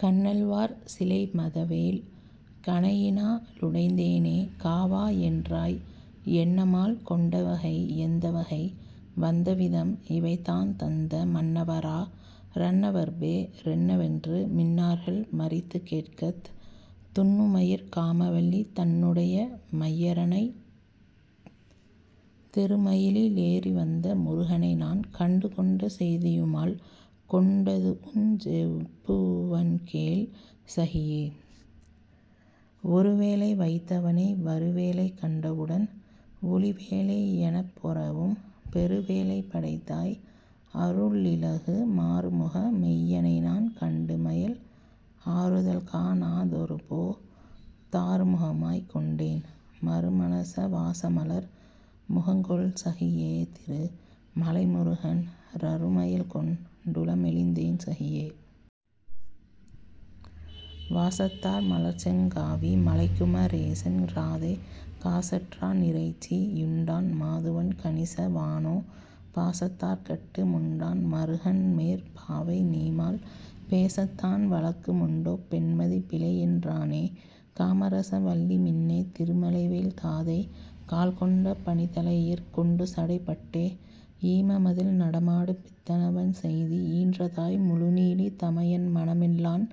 கன்னல்வார் சிலைமதவேள் கணையினா லுடைந்தேனே காவா யென்றாய் என்னமால் கொண்டவகை யெந்தவகை வந்தவிதம் இவைதாந் தந்த மன்னவரா ரன்னவர்பே ரென்னவென்று மின்னார்கள் மறித்துக் கேட்கத்। துன்னுமயிற் காமவல்லி தன்னுடைய மையறனைச் திருமயிலி லேறிவந்த முருகனைநான் கண்டுகொண்ட செய்தியுமால் கொண்டதுவுஞ் செப்புவன்கேள் சகியே ஒருவேலை வைத்தவனை வருவேலை கண்டவுடன் ஒலிவேலை யெனப்பொரவும் பெருவேலை படைத்தாய் அறுளிலகு மாறுமுக மெய்யனைநான் கண்டுமயல் ஆறுதல்கா ணாதொருபோ தாறுமுகமாய்க் கொண்டேன் மருமனச வாசமலர் முகங்கொள்சகி யேதிரு மலைமுருகன் றருமயல்கொண் டுளமெலிந்தேன் சகியே..... வாசத்தார் மலர்ச்செங் காவி மலைக்குமரேசன் றாதை காசற்றா னிறைச்சி யுண்டான் மாதுவன் கணிச வானோ பாசத்தாற் கட்டு முண்டான் மருகன்மேற் பாவை நீமால் பேசத்தான் வழக்கு முண்டோ பெண்மதி பிழையென்றானே..... காமரச வல்லிமின்னே திருமலைவேள் தாதை கால்கொண்ட பணிதலையிற் கொண்டுசடைப் பட்டே ஈமமதில் நடமாடு பித்தனவன் செய்தி ஈன்றதாய் முழுநீலி தமயன்மண மில்லான்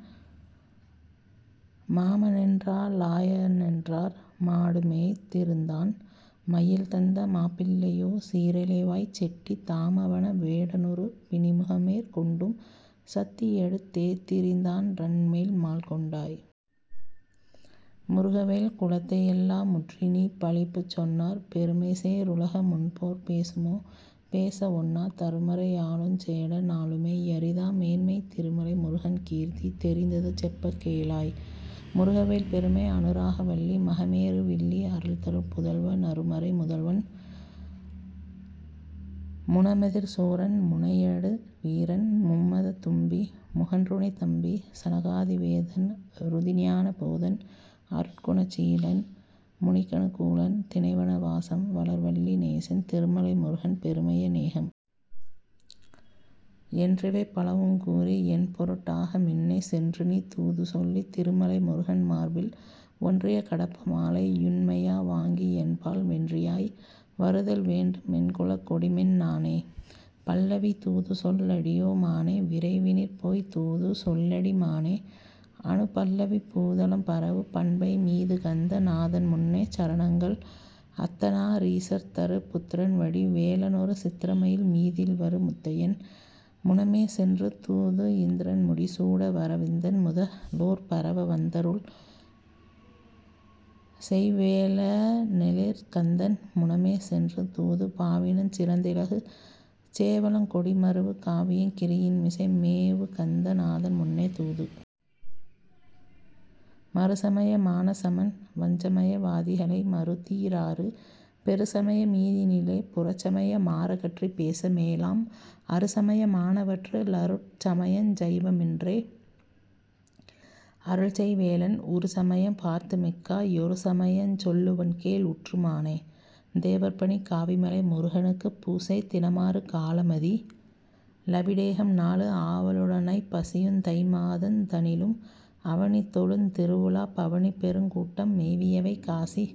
மாமனென்றா லாயனென்றார் மாடுமேய்த் திருந்தான் மையல்தந்த மாப்பிள்ளையோ சீரலைவாய்ச் செட்டி தாமவன வேடனுறு பிணிமுகமேற் கொண்டும் சத்தியெடுத் தேதிரிந்தான் றன்மேல் மால்கொண்டாய்..... முருகவேள் குலத்தையெல்லா முற்றிநீ பழிப்புச் சொன்னாற் பெருமைசே ருலக முன்போற் பேசுமோ பேச வொண்ணா தருமறை யாலுஞ் சேட னாலுமே யரிதா மேன்மைத் திருமலை முருகன் கீர்த்தி தெரிந்தது செப்பக் கேளாய்..... முருகவேள் பெருமை அனுராக வல்லி மகமேரு வில்லி அருள்தரு புதல்வ னருமறை முதல்வன் முனமெதிர் சூரன் முனையடு வீரன் மும்மதத் தும்பி முகன்றுணைத் தம்பி சனகாதி வேதன் றுதிஞான போதன் அருட்குண சீலன் முனிக்கனு கூலன் தினைவன வாசம் வளர்வல்லி நேசன் திருமலை முருகன் பெருமைய நேகம்..... என்றிவை பலவுங் கூறி யென்பொருட் டாக மின்னே சென்றுநீ தூதுசொல்லித் திருமலை முருகன் மார்பில் ஒன்றிய கடப்ப மாலை யுண்மையா வாங்கி யென்பால் வென்றியாய் வருதல்வேண்டு மென்குலக் கொடிமின் னானே..... பல்லவி தூதுசொல் லடியோ மானே விரைவினிற்போய்த் தூது சொல்லடி மானே அநுபல்லவி பூதலம் பரவு பண்பை மீதுகந்த நாதன்முன்னே சரணங்கள் அத்தநா ரீசர்தரு புத்ரன்வடி வேலனொரு சித்ரமயில் மீதில்வரு முத்தையன் முனமேசென்று தூது இந்த்ரன்முடி சூடவர விந்தன் முத லோற்பரவ வந்தருள் செய் வேலனெழிற் கந்தன் முனமேசென்று தூது பாவினஞ் சிறந்திலகு சேவலங் கொடிமருவு காவியங் கிரியின்மிசை மேவுகந்த நாதன்முன்னே தூது.... மறுசமய மானசமண் வஞ்சமய வாதிகளை மறுத்தீ ராறு பெறுசமய மீதினிலே புறச்சமய மாறகற்றிப் பேச மேலாம் அறுசமய மானவற்று ளருட் சமயஞ் சைவமென்றே அருள்செய் வேலன் உறுசமயம் பார்த்துமிக்கா யொருசமயஞ் சொல்லுவன்கேள் உற்று மானே..... தேவர்பணி காவிமலை முருகனுக்குப் பூசை தினமாறு காலமதி லபிடேகம் நாலு ஆவலுட னைப்பசியுந் தைமாதந் தனிலும் அவனிதொழுந் திருவுலாப் பவனிபெருங் கூட்டம் மேவியவை காசி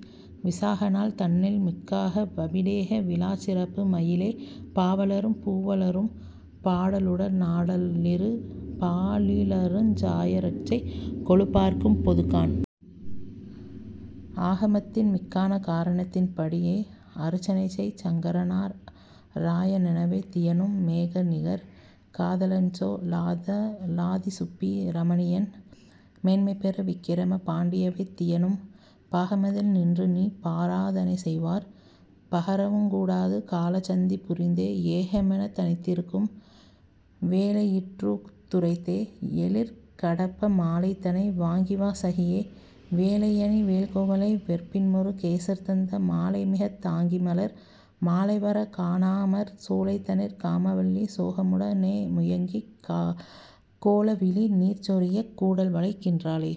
விசாகநாள் தன்னில் மிக்காக வபிடேக விழாச்சிறப்பு மயிலே பாவலரும் பூவலரும் பாடலுட னாடலிரு பாலிலருஞ் சாயரட்சை கொலுப்பார்க்கும் பொதுக்காண்.... ஆகமத்தின் மிக்கான காரணத்தின் படியே அருச்சனைசெய் சங்கரநா ராயணெனவே தியனும் மேகநிகர் காதலன்சொ லாதிசுப்பி ரமணியன் மேன்மைபெறு விக்கிரம பாண்டியவே தியனும் பாகமதில் நின்றுநீ பாராதனை செய்வார் பகரவுங் கூடாது காலசந்தி புரிந்தே ஏகமெனத் தனித்திருக்கும் வேளையிற்றூ துரைத்தே எழிற்கடப்ப மாலைதனை வாங்கிவா சகியே..... வேலையணி வேள்குவளை வெற்பின்முரு கேசர்தந்த மாலைமிகத் தாங்கிமலர் மாலைவரக் காணாமற் சோலைதனிற் காமவல்லி சோகமுட னேமுயங்கிக் கோலவிழி நீர்சொரியக் கூடல்வளைக் கின்றாளே.....